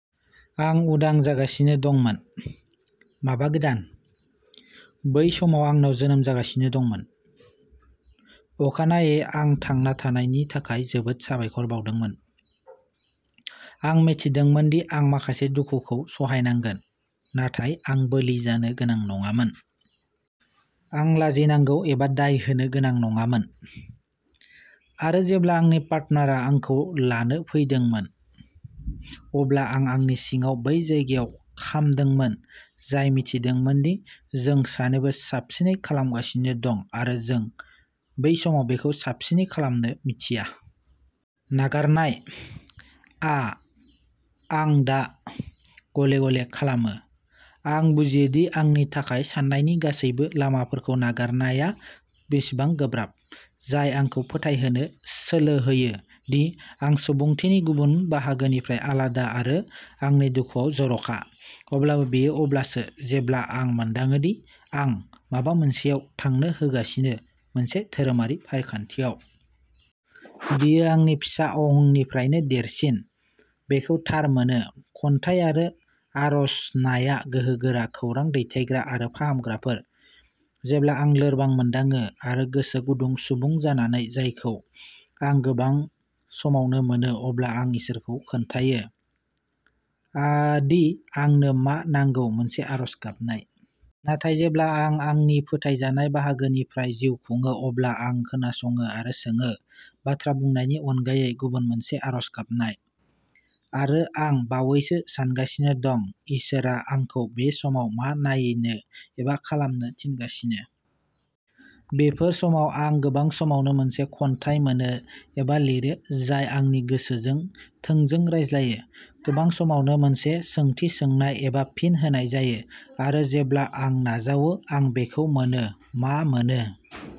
आं उदां जागासिनो दंमोन। माबा गोदान। बै समाव आंनाव जोनोम जागासिनो दंमोन। अखानायै आं थांना थानायनि थाखाय जोबोद साबायखर बावदोंमोन। आं मिथिदोंमोन दि आं माखासे दुखुखौ सहायनांगोन, नाथाय आं बोलि जानो गोनां नङामोन। आं लाजिनांगौ एबा दाय होनो गोनां नङामोन। आरो जेब्ला आंनि पार्टनारा आंखौ लानो फैदोंमोन, अब्ला आं आंनि सिङाव बै जायगायाव खामदोंमोन, जाय मिथिदोंमोन दि जों सानैबो साबसिनै खालामगासिनो दं, आरो जों बै समाव बेखौ साबसिनै खालामनो मिथिया। "नागारनाय" आ आं दा, गले-गले खालामो। आं बुजियोदि आंनि थाखाय साननायनि गासैबो लामाफोरखौ नागारनाया बेसेबां गोब्राब, जाय आंखौ फोथायहोनो सोलो होयो दि आं सुबुंथिनि गुबुन बाहागोनिफ्राय आलादा आरो आंनि दुखुआव जर'खा। अब्लाबो बेयो अब्लासो जेब्ला आं मोनदाङो दि आं'माबा मोनसे'आव थांनो होगासिनो-- मोनसे धोरोमारि फारिखान्थियाव। बेयो आंनि फिसा अहंनिफ्रायबो देरसिन-- बेखौ थार मोनो। खन्थाइ आरो आर'जनाया गोहोगोरा खौरां दैथायग्रा आरो फाहामग्राफोर। जेब्ला आं लोरबां मोनदाङो, आरो गोसो गुदुं सुबुं जानानै जायखौ आं गोबां समावनो मोनो, अब्ला आं इसोरनो खोन्थायो दि आंनो मा नांगौ-मोनसे आर'ज गाबनाय। नाथाय जेब्ला आं आंनि फोथायजानाय बाहागोनिफ्राय जिउ खुङो, अब्ला आं खोनासङो आरो सोङो, बाथ्रा बुंनायनि अनगायै-गुबुन मोनसे आर'ज गाबनाय। आरो आं बावैसो सानगासिनो दंः इसोरआ आंखौ बे समाव मा नायनो एबा खालामनो थिनगासिनो? बेफोर समाव आं गोबां समावनो मोनसे खन्थाइ मोनो एबा लिरो जाय आंनि गोसोजों थोंजों रायज्लायो। गोबां समावनो मोनसे सोंथि सोंनाय एबा फिन होनाय जायो, आरो जेब्ला आं नाजावो, आं बेखौ मोनो। मा मोनो?